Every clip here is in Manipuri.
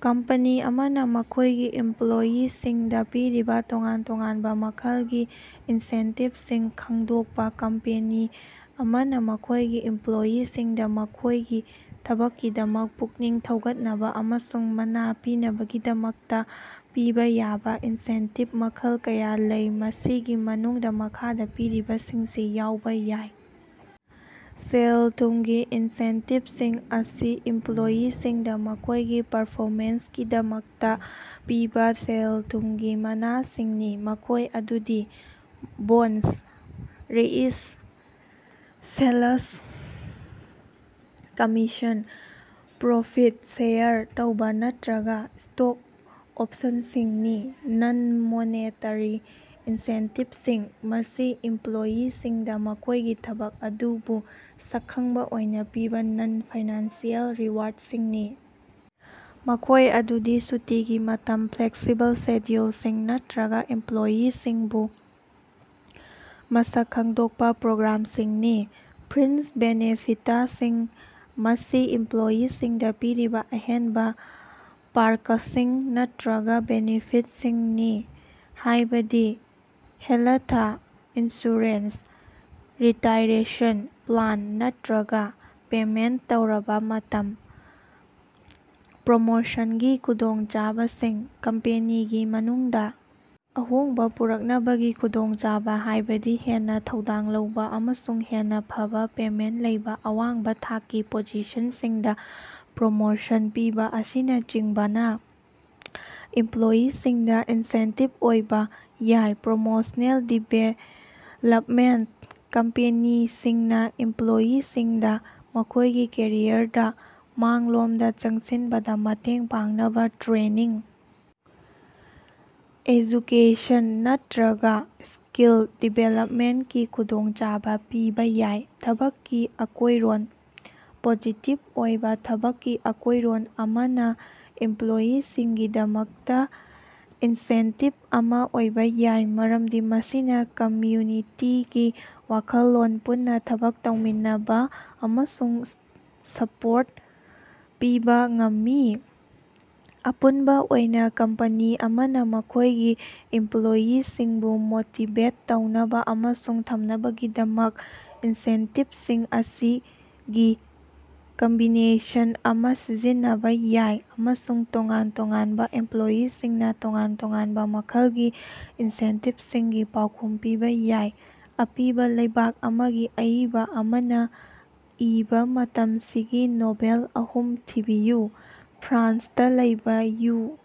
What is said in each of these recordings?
ꯀꯝꯄꯅꯤ ꯑꯃꯅꯥ ꯃꯈꯣꯏꯒꯤ ꯏꯝꯄ꯭ꯂꯣꯌꯤꯁꯤꯡꯗꯥ ꯄꯤꯔꯤꯕꯥ ꯇꯣꯉꯥꯟ ꯇꯣꯉꯥꯟꯕꯥ ꯃꯈꯜꯒꯤ ꯏꯟꯁꯦꯟꯇꯤꯚꯁꯤꯡ ꯈꯪꯗꯣꯛꯄꯥ꯫ ꯀꯝꯄꯦꯅꯤ ꯑꯃꯅꯥ ꯃꯈꯣꯏꯒꯤ ꯏꯝꯄ꯭ꯂꯣꯌꯤꯁꯤꯡꯗꯥ ꯃꯈꯣꯏꯒꯤ ꯊꯕꯛꯀꯤꯗꯃꯛ ꯄꯨꯛꯅꯤꯡ ꯊꯧꯒꯠꯅꯕꯥ ꯑꯃꯁꯨꯡ ꯃꯅꯥ ꯄꯤꯅꯕꯒꯤꯗꯃꯛꯇꯥ ꯄꯤꯕꯥ ꯌꯥꯕꯥ ꯏꯟꯁꯦꯟꯇꯤꯕ ꯃꯈꯜ ꯀꯌꯥ ꯂꯩ꯫ ꯃꯁꯤꯒꯤ ꯃꯅꯨꯡꯗꯥ ꯃꯈꯥꯗꯥ ꯄꯤꯔꯤꯕꯁꯤꯡꯁꯤ ꯌꯥꯎꯕꯥ ꯌꯥꯏ: ꯁꯦꯜ-ꯊꯨꯝꯒꯤ ꯏꯟꯁꯦꯟꯇꯤꯚꯁꯤꯡ ꯃꯁꯤ ꯏꯝꯄ꯭ꯂꯣꯌꯤꯁꯤꯡꯗꯥ ꯃꯈꯣꯏꯒꯤ ꯄꯔꯐꯣꯃꯦꯟꯁꯀꯤꯗꯃꯛꯇꯥ ꯄꯤꯕꯥ ꯁꯦꯜ-ꯊꯨꯝꯒꯤ ꯃꯅꯥꯁꯤꯡꯅꯤ ꯃꯈꯣꯏ ꯑꯗꯨꯗꯤ bonus raise sales commission profit share ꯇꯧꯕ ꯅꯠꯇ꯭ꯔꯒꯥ ꯁ꯭ꯇꯣꯛ ꯑꯣꯞꯁꯟꯁꯤꯡꯅꯤ꯫ ꯅꯟ-ꯃꯣꯅꯦꯇꯥꯔꯤ ꯏꯟꯁꯦꯟꯇꯤꯚꯁꯤꯡ: ꯃꯁꯤ ꯏꯝꯄ꯭ꯂꯣꯌꯤꯁꯤꯡꯗꯥ ꯃꯈꯣꯏꯒꯤ ꯊꯕꯛ ꯑꯗꯨꯕꯨ ꯁꯛꯈꯪꯕꯥ ꯑꯣꯏꯅꯥ ꯄꯤꯕꯥ ꯅꯟ-ꯐꯥꯏꯅꯥꯟꯁꯤꯑꯦꯜ ꯔꯤꯋꯥꯔꯗꯁꯤꯡꯅꯤ ꯃꯈꯣꯏ ꯑꯗꯨꯗꯤ ꯁꯨꯇꯤꯒꯤ ꯃꯇꯝ ꯐ꯭ꯂꯦꯛꯁꯤꯕꯜ ꯁꯦꯗ꯭ꯌꯨꯜꯁꯤꯡ ꯅꯠꯇ꯭ꯔꯒꯥ ꯏꯝꯄ꯭ꯂꯣꯌꯤꯁꯤꯡꯕꯨ ꯃꯁꯛ ꯈꯪꯗꯣꯛꯄꯥ ꯄ꯭ꯔꯣꯒ꯭ꯔꯥꯝꯁꯤꯡꯅꯤ꯫ ꯐ꯭ꯔꯤꯟꯖ ꯕꯦꯅꯤꯐꯤꯇꯁꯤꯡ: ꯃꯁꯤ ꯏꯝꯄ꯭ꯂꯣꯌꯤꯁꯤꯡꯗꯥ ꯄꯤꯔꯤꯕꯥ ꯑꯍꯦꯟꯕꯥ ꯄꯥꯔꯀꯁꯤꯡ ꯅꯠꯇ꯭ꯔꯒꯥ ꯕꯦꯅꯤꯐꯤꯠꯁꯤꯡꯅꯤ ꯍꯥꯏꯕꯗꯤ ꯍꯦꯂꯊ ꯏꯟꯁꯨꯔꯦꯟꯁ ꯔꯤꯇꯥꯏꯔꯦꯁꯟ ꯄ꯭ꯂꯥꯟ ꯅꯠꯇ꯭ꯔꯒꯥ ꯄꯦꯃꯦꯟꯠ ꯇꯧꯔꯕꯥ ꯃꯇꯝ꯫ ꯄ꯭ꯔꯣꯃꯣꯁꯟꯒꯤ ꯈꯨꯗꯣꯡꯆꯥꯕꯁꯤꯡ: ꯀꯝꯄꯦꯅꯤꯒꯤ ꯃꯅꯨꯡꯗꯥ ꯑꯍꯣꯡꯕꯥ ꯄꯨꯔꯛꯅꯕꯒꯤ ꯈꯨꯗꯣꯡꯆꯥꯕꯥ ꯍꯥꯏꯕꯗꯤ ꯍꯦꯟꯅꯥ ꯊꯧꯗꯥꯡ ꯂꯧꯕꯥ ꯑꯃꯁꯨꯡ ꯍꯦꯟꯅꯥ ꯐꯕꯥ ꯄꯦꯃꯦꯟꯠ ꯂꯩꯕꯥ ꯑꯋꯥꯡꯕꯥ ꯊꯥꯛꯀꯤ ꯄꯣꯖꯤꯁꯟꯁꯤꯡꯗꯥ ꯄ꯭ꯔꯣꯃꯣꯁꯟ ꯄꯤꯕꯥ ꯑꯁꯤꯅꯆꯤꯡꯕꯅꯥ ꯏꯝꯄ꯭ꯂꯣꯌꯤꯁꯤꯡꯗꯥ ꯏꯟꯁꯦꯟꯇꯤꯕ ꯑꯣꯏꯕꯥ ꯌꯥꯏ꯫ ꯄ꯭ꯔꯣꯐꯦꯁ꯭ꯅꯦꯜ ꯗꯤꯕꯦꯂꯞꯃꯦꯟꯠ: ꯀꯝꯄꯦꯅꯤꯁꯤꯡꯅꯥ ꯏꯝꯄ꯭ꯂꯣꯌꯤꯁꯤꯡꯗꯥ ꯃꯈꯣꯏꯒꯤ ꯀꯦꯔꯤꯌꯔꯗꯥ ꯃꯥꯡꯂꯣꯝꯗꯥ ꯆꯪꯁꯤꯟꯕꯗꯥ ꯃꯇꯦꯡ ꯄꯥꯡꯅꯕꯥ ꯇ꯭ꯔꯦꯅꯤꯡ ꯑꯦꯖꯨꯀꯦꯁꯟ ꯅꯠꯇ꯭ꯔꯒꯥ ꯁ꯭ꯀꯤꯜ ꯗꯤꯕꯦꯂꯞꯃꯦꯟꯠꯀꯤ ꯈꯨꯗꯣꯡꯆꯥꯕꯥ ꯄꯤꯕꯥ ꯌꯥꯏ꯫ ꯊꯕꯛꯀꯤ ꯑꯀꯣꯏꯔꯣꯟ: ꯄꯣꯖꯤꯇꯤꯚ ꯑꯣꯏꯕꯥ ꯊꯕꯛꯀꯤ ꯑꯀꯣꯏꯔꯣꯟ ꯑꯃꯅꯥ ꯏꯝꯄ꯭ꯂꯣꯌꯤꯁꯤꯡꯒꯤꯗꯃꯛꯇꯥ ꯏꯟꯁꯦꯟꯇꯤꯚ ꯑꯃꯥ ꯑꯣꯏꯕꯥ ꯌꯥꯏ ꯃꯔꯝꯗꯤ ꯃꯁꯤꯅꯥ ꯀꯃ꯭ꯌꯨꯅꯤꯇꯤꯒꯤ ꯋꯥꯈꯜꯂꯣꯟ ꯄꯨꯟꯅꯥ ꯊꯕꯛ ꯇꯧꯃꯤꯟꯅꯕꯥ ꯑꯃꯁꯨꯡ ꯁꯄꯣꯔꯠ ꯄꯤꯕꯥ ꯉꯝꯃꯤ꯫ ꯑꯄꯨꯟꯕꯥ ꯑꯣꯏꯅꯥ ꯀꯝꯄꯅꯤ ꯑꯃꯅꯥ ꯃꯈꯣꯏꯒꯤ ꯏꯝꯄ꯭ꯂꯣꯌꯤꯁꯤꯡꯕꯨ ꯃꯣꯇꯤꯚꯦꯠ ꯇꯧꯅꯕꯥ ꯑꯃꯁꯨꯡ ꯊꯝꯅꯕꯒꯤꯗꯃꯛ ꯏꯟꯁꯦꯟꯇꯤꯚꯁꯤꯡ ꯑꯁꯤꯒꯤ ꯀꯝꯕꯤꯅꯦꯁꯟ ꯑꯃꯥ ꯁꯤꯖꯤꯟꯅꯕꯥ ꯌꯥꯏ ꯑꯃꯁꯨꯡ ꯇꯣꯉꯥꯟ ꯇꯣꯉꯥꯟꯕꯥ ꯏꯝꯄ꯭ꯂꯣꯌꯤꯁꯤꯡꯅꯥ ꯇꯣꯉꯥꯟ ꯇꯣꯉꯥꯟꯕꯥ ꯃꯈꯜꯒꯤ ꯏꯟꯁꯦꯟꯇꯤꯚꯁꯤꯡꯒꯤ ꯄꯥꯎꯈꯨꯝ ꯄꯤꯕꯥ ꯌꯥꯏ꯫ ꯑꯄꯤꯕꯥ ꯂꯩꯕꯥꯛ ꯑꯃꯒꯤ ꯑꯏꯕꯥ ꯑꯃꯅꯥ ꯏꯕꯥ ꯃꯇꯝꯁꯤꯒꯤ ꯅꯣꯚꯦꯜ ꯑꯍꯨꯝ ꯊꯤꯕꯤꯌꯨ꯫ ꯐ꯭ꯔꯥꯟꯁꯇꯥ ꯂꯩꯕꯥ ꯌꯨ.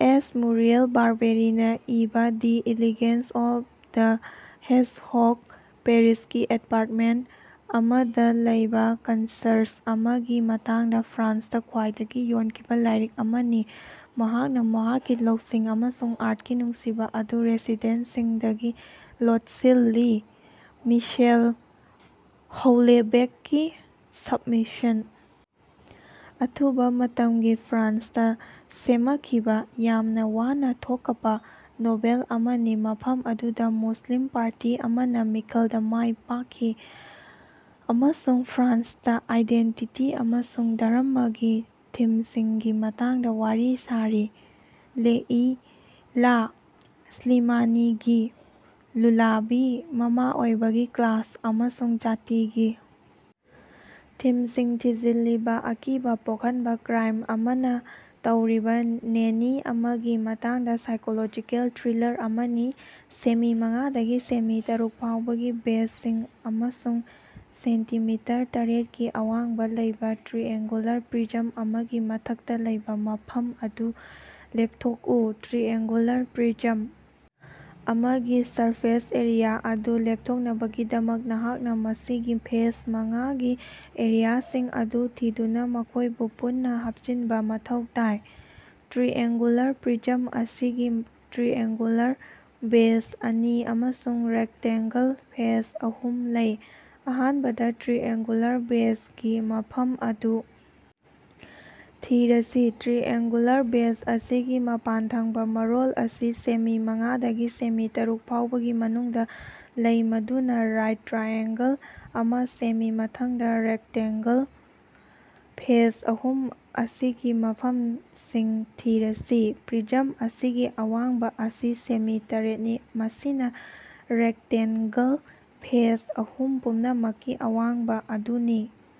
ꯑꯦꯁ ꯃꯨꯔꯤꯑꯦꯜ ꯕꯥꯔꯕꯦꯔꯤꯅꯥ ꯏꯕꯥ the elegance of the hedgehog ꯄꯦꯔꯤꯁꯀꯤ ꯑꯦꯄꯥꯔꯠꯃꯦꯟꯠ ꯑꯃꯗꯥ ꯂꯩꯕꯥ ꯀꯟꯁꯔꯖ ꯑꯃꯒꯤ ꯃꯇꯥꯡꯗꯥ ꯐ꯭ꯔꯥꯟꯁꯇꯥ ꯈ꯭ꯋꯥꯏꯗꯒꯤ ꯌꯣꯟꯈꯤꯕꯥ ꯂꯥꯏꯔꯤꯛ ꯑꯃꯅꯤ ꯃꯍꯥꯛꯅꯥ ꯃꯍꯥꯛꯀꯤ ꯂꯧꯁꯤꯡ ꯑꯃꯁꯨꯡ ꯑꯥꯔꯠꯀꯤ ꯅꯨꯡꯁꯤꯕꯥ ꯑꯗꯨ ꯔꯦꯁꯤꯗꯦꯟꯠꯁꯤꯡꯗꯒꯤ ꯂꯣꯠꯁꯤꯜꯂꯤ꯫ ꯃꯤꯁꯦꯜ ꯍꯧꯂꯦꯕꯦꯛꯀꯤ ꯁꯕꯃꯤꯁꯟ ꯑꯊꯨꯕꯥ ꯃꯇꯝꯒꯤ ꯐ꯭ꯔꯥꯟꯁꯇꯥ ꯁꯦꯃꯈꯤꯕꯥ ꯌꯥꯝꯅꯥ ꯋꯥꯅꯥ ꯊꯣꯀꯄꯥ ꯅꯣꯚꯦꯜ ꯑꯃꯅꯤ ꯃꯐꯝ ꯑꯗꯨꯗꯥ ꯃꯨꯁꯂꯤꯝ ꯄꯥꯔꯇꯤ ꯑꯃꯅꯥ ꯃꯤꯈꯜꯗꯥ ꯃꯥꯏꯄꯥꯛꯈꯤ ꯑꯃꯁꯨꯡ ꯐ꯭ꯔꯥꯟꯁꯇꯥ ꯑꯥꯏꯗꯦꯟꯇꯤꯇꯤ ꯑꯃꯁꯨꯡ ꯙꯔꯝꯃꯒꯤ ꯊꯤꯝꯁꯤꯡꯒꯤ ꯃꯇꯥꯡꯗꯥ ꯋꯥꯔꯤ ꯁꯥꯔꯤ꯫ ꯂꯦꯏꯂꯥ ꯁ꯭ꯂꯤꯃꯥꯅꯤꯒꯤ ꯂꯨꯂꯥꯕꯤ ꯃꯃꯥ ꯑꯣꯏꯕꯒꯤ ꯀ꯭ꯂꯥꯁ ꯑꯃꯁꯨꯡ ꯖꯥꯇꯤꯒꯤ ꯊꯤꯝꯁꯤꯡ ꯊꯤꯖꯤꯜꯂꯤꯕꯥ ꯑꯀꯤꯕꯥ ꯄꯣꯛꯍꯟꯕꯥ ꯀ꯭ꯔꯥꯏꯝ ꯑꯃꯥ ꯇꯧꯔꯤꯕꯥ ꯅꯦꯅꯤ ꯑꯃꯒꯤ ꯃꯇꯥꯡꯗꯥ ꯁꯥꯏꯀꯣꯂꯣꯖꯤꯀꯦꯜ ꯊ꯭ꯔꯤꯂꯥꯔ ꯑꯃꯅꯤ꯫ ꯁꯦꯃꯤ ꯃꯉꯥꯗꯒꯤ ꯁꯦꯃꯤ ꯇꯔꯨꯛꯐꯥꯎꯕꯒꯤ ꯕꯦꯖꯁꯤꯡ ꯑꯃꯁꯨꯡ ꯁꯦꯟꯇꯤꯃꯤꯇꯔ ꯇꯔꯦꯠꯀꯤ ꯑꯋꯥꯡꯕꯥ ꯂꯩꯕꯥ ꯇ꯭ꯔꯤꯑꯦꯡꯒꯨꯂꯥꯔ ꯄ꯭ꯔꯤꯖꯝ ꯑꯃꯒꯤ ꯃꯊꯛꯇꯥ ꯂꯩꯕꯥ ꯃꯐꯝ ꯑꯗꯨ ꯂꯦꯞꯊꯣꯛꯎ꯫ ꯇ꯭ꯔꯤꯑꯦꯡꯒꯨꯂꯥꯔ ꯄ꯭ꯔꯤꯖꯝ ꯑꯃꯒꯤ ꯁꯔꯐꯦꯁ ꯑꯦꯔꯤꯌꯥ ꯑꯗꯨ ꯂꯦꯞꯊꯣꯛꯅꯕꯒꯤꯗꯃꯛ ꯅꯍꯥꯛꯅꯥ ꯃꯁꯤꯒꯤ ꯐꯦꯁ ꯃꯉꯥꯒꯤ ꯑꯦꯔꯤꯌꯥꯁꯤꯡ ꯑꯗꯨ ꯊꯤꯗꯨꯅꯥ ꯃꯈꯣꯏꯕꯨ ꯄꯨꯟꯅꯥ ꯍꯥꯞꯆꯤꯟꯕꯥ ꯃꯊꯧ ꯇꯥꯏ꯫ ꯇ꯭ꯔꯤꯑꯦꯡꯒꯨꯂꯥꯔ ꯄ꯭ꯔꯤꯖꯝ ꯑꯁꯤꯒꯤ ꯇ꯭ꯔꯤꯑꯦꯡꯒꯨꯂꯥꯔ ꯕꯦꯖ ꯑꯅꯤ ꯑꯃꯁꯨꯡ ꯔꯦꯛꯇꯦꯟꯒꯜ ꯐꯦꯁ ꯑꯍꯨꯝ ꯂꯩ꯫ ꯑꯍꯥꯟꯕꯗꯥ ꯇ꯭ꯔꯤꯑꯦꯡꯒꯨꯂꯥꯔ ꯕꯦꯖꯒꯤ ꯃꯐꯝ ꯑꯗꯨ ꯊꯤꯔꯁꯤ꯫ ꯇ꯭ꯔꯤꯑꯦꯡꯒꯨꯂꯥꯔ ꯕꯦꯖ ꯑꯁꯤꯒꯤ ꯃꯄꯥꯟꯊꯪꯕꯥ ꯃꯔꯣꯜ ꯑꯁꯤ ꯁꯦꯃꯤ ꯃꯉꯥꯗꯒꯤ ꯁꯦꯃꯤ ꯇꯔꯨꯛ ꯐꯥꯎꯕꯒꯤ ꯃꯅꯨꯡꯗꯥ ꯂꯩ ꯃꯗꯨꯅꯥ ꯔꯥꯏꯠ ꯇ꯭ꯔꯥꯏꯑꯦꯡꯒꯜ ꯑꯃꯥ ꯁꯦꯝꯃꯤ꯫ ꯃꯊꯪꯗꯥ ꯔꯦꯛꯇꯦꯟꯒꯜ ꯐꯦꯁ ꯑꯍꯨꯝ ꯑꯁꯤꯒꯤ ꯃꯐꯝꯁꯤꯡ ꯊꯤꯔꯁꯤ꯫ ꯄ꯭ꯔꯤꯖꯝ ꯑꯁꯤꯒꯤ ꯑꯋꯥꯡꯕꯥ ꯑꯁꯤ ꯁꯦꯃꯤ ꯇꯔꯦꯠꯅꯤ ꯃꯁꯤꯅꯥ ꯔꯦꯛꯇꯦꯟꯒꯜ ꯐꯦꯁ ꯑꯍꯨꯝ ꯄꯨꯝꯅꯃꯛꯀꯤ ꯑꯋꯥꯡꯕꯥ ꯑꯗꯨꯅꯤ꯫